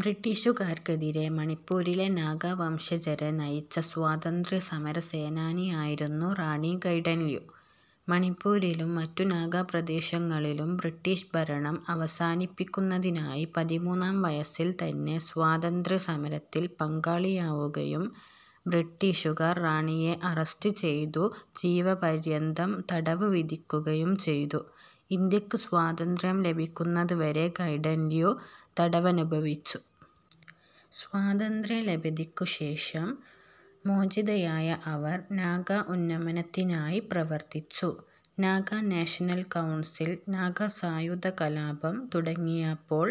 ബ്രിട്ടീഷുകാർക്കെതിരെ മണിപ്പൂരിലെ നാഗാ വംശജരെ നയിച്ച സ്വാതന്ത്ര്യ സമര സേനാനിയായിരുന്നു റാണി ഗൈഡിൻലിയു. മണിപ്പൂരിലും മറ്റു നാഗാ പ്രദേശങ്ങളിലും ബ്രിട്ടീഷ് ഭരണം അവസാനിപ്പിക്കുന്നതിനായി പതിമൂന്നാം വയസ്സിൽ തന്നെ സ്വാതന്ത്ര്യ സമരത്തിൽ പങ്കാളിയാവുകയും, ബ്രിട്ടീഷുകാർ റാണിയെ അറസ്റ്റ് ചെയ്തു ജീവപര്യന്തം തടവ് വിധിക്കുകയും ചെയ്തു. ഇന്ത്യക്ക് സ്വാതന്ത്ര്യം ലഭിക്കുന്നത് വരെ ഗൈഡിൻലിയു തടവനുഭവിച്ചു. സ്വാതന്ത്ര്യലബ്ധിക്കു ശേഷം മോചിതയായ അവർ നാഗ ഉന്നമനത്തിനായി പ്രവർത്തിച്ചു. നാഗാ നാഷണൽ കൌൺസിൽ നാഗാ സായുധകലാപം തുടങ്ങിയാപ്പോൾ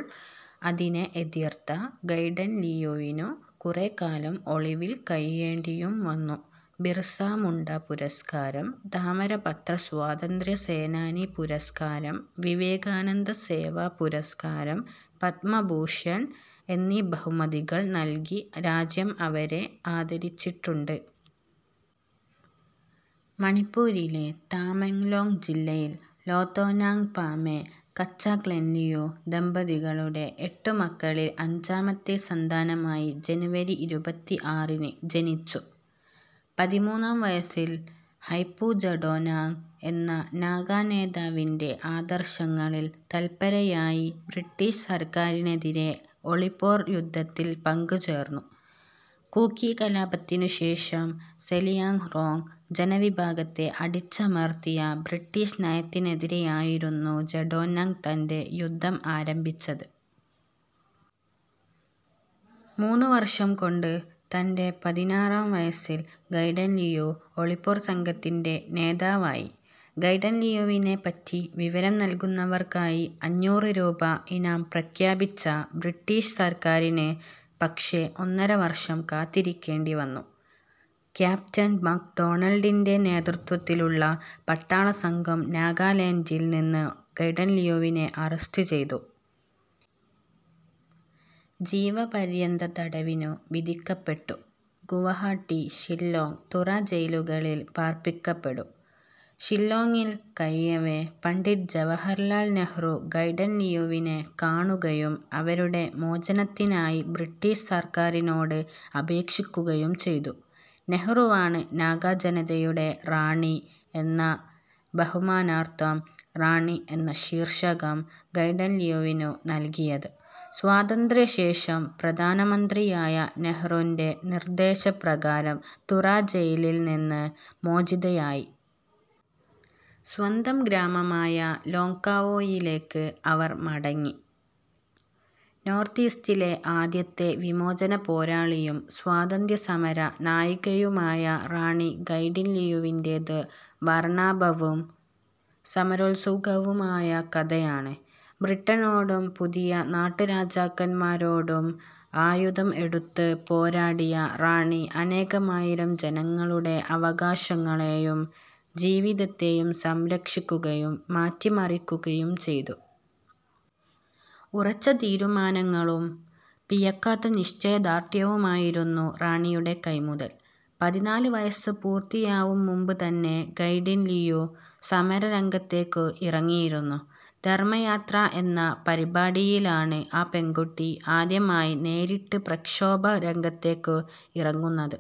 അതിനെ എതിർത്ത ഗൈഡിൻലിയുവിനു കുറെ കാലം ഒളിവിൽ കഴിയേണ്ടിയും വന്നു. ബിർസാ മുണ്ട പുരസ്കാരം, താമരപത്ര സ്വാതന്ത്ര്യ സേനാനി പുരസ്കാരം, വിവേകാനന്ദ സേവാ പുരസ്കാരം, പദ്മഭൂഷൺ എന്നീ ബഹുമതികൾ നൽകി രാജ്യം അവരെ ആദരിച്ചിട്ടുണ്ട്. മണിപ്പൂരിലെ താമെങ്ങ്ലോങ് ജില്ലയിൽ ലോതോനാങ് പാമേ, കച്ചക്ലെൻലിയു ദമ്പതികളുടെ എട്ടു മക്കളിൽ അഞ്ചാമത്തെ സന്താനമായി ജനുവരി ഇരുപത്തി ആറിന് ജനിച്ചു. പതിമൂന്നാം വയസിൽ ഹൈപൂ ജടോനാങ് എന്ന നാഗാ നേതാവിൻ്റെ ആദർശങ്ങളിൽ തല്പരയായി ബ്രിട്ടീഷ് സർക്കാരിനെതിരെ ഒളിപോർ യുദ്ധത്തിൽ പങ്കുചേർന്നു. കൂക്കി കലാപത്തിനു ശേഷം സെലിയാങ്റോങ് ജനവിഭാഗത്തെ അടിച്ചമർത്തിയ ബ്രിട്ടീഷ് നയത്തിനെതിരെയായിരുന്നു ജടോനാങ് തൻ്റെ യുദ്ധം ആരംഭിച്ചത്. മൂന്നു വർഷം കൊണ്ട് തൻ്റെ പതിനാറാം വയസിൽ ഗൈഡിൻലിയു ഒളിപോർ സംഘത്തിൻ്റെ നേതാവായി. ഗൈഡിൻലിയുവിനെ പറ്റി വിവരം നൽകുന്നവർക്കായി അഞ്ഞൂറ് രൂപ ഇനാം പ്രഖ്യാപിച്ച ബ്രിട്ടീഷ് സർക്കാരിന് പക്ഷെ ഒന്നര വർഷം കാത്തിരിക്കേണ്ടിവന്നു. ക്യാപ്റ്റൻ മക് ഡോണൽഡിൻ്റെ നേതൃത്ത്വത്തിലുള്ള പട്ടാള സംഘം നാഗാലാൻഡിൽ നിന്ന് ഗൈഡിൻലിയുവിനെ അറസ്റ്റ് ചെയ്തു. ജീവപര്യന്തതടവിനു വിധിക്കപ്പെട്ടു. ഗുവഹാട്ടി, ഷില്ലോങ്ങ്, തുറാ ജയിലുകളിൽ പാർപ്പിക്കപ്പെടു. ഷില്ലോങ്ങിൽ കഴിയവെ പണ്ഡിറ്റ് ജവഹർലാൽ നെഹ്റു ഗൈഡിൻലിയുവിനെ കാണുകയും അവരുടെ മോചനത്തിനായി ബ്രിട്ടീഷ് സർക്കാരിനോട് അപേക്ഷിക്കുകയും ചെയ്തു. നെഹ്റുവാണ് നാഗാ ജനതയുടെ റാണി എന്ന ബഹുമാനാർഥം 'റാണി' എന്ന ശീർഷകം ഗൈഡിൻലിയുവിനു നൽകിയത്. സ്വാതന്ത്ര്യ ശേഷം പ്രധാന മന്ത്രിയായ നെഹ്റുൻ്റെ നിർദ്ദേശപ്രകാരം തുറാ ജയിലിൽ നിന്ന് മോചിതയായി. സ്വന്തം ഗ്രാമമായ ലോങ്ങ്കാവോയിലേക്ക് അവർ മടങ്ങി. നോർത്ത് ഈസ്റ്റിലെ ആദ്യത്തെ വിമോചന പോരാളിയും സ്വാതന്ത്യ സമര നായികയുമായ റാണി ഗൈഡിൻലിയുവിൻ്റേത് വർണാഭവും സമരോത്സുകവുമായ കഥയാണ്, ബ്രിട്ടനോടും പുതിയ നാട്ട് രാജാക്കന്മാരോടും ആയുധം എടുത്ത് പോരാടിയ റാണി അനേകമായിരം ജനങ്ങളുടെ അവകാശങ്ങളേയും ജീവിതത്തേയും സംരക്ഷിക്കുകയും മാറ്റി മറിക്കുകയും ചെയ്തു. ഉറച്ച തീരുമാനങ്ങളും പിഴക്കാത്ത നിശ്ചയ ദാർഢ്യവുമായിരുന്നു റാണിയുടെ കൈമുതൽ, പതിനാല് വയസ്സ് പൂർത്തിയാവും മുമ്പ് തന്നെ ഗൈഡിൻ ലിയു സമര രംഗത്തേക്ക് ഇറങ്ങിയിരുന്നു, ധർമ്മയാത്ര എന്ന പരിപാടിയിലാണ് ആ പെൺകുട്ടി ആദ്യമായി നേരിട്ട് പ്രക്ഷോഭ രംഗത്തേക്ക് ഇറങ്ങുന്നത്.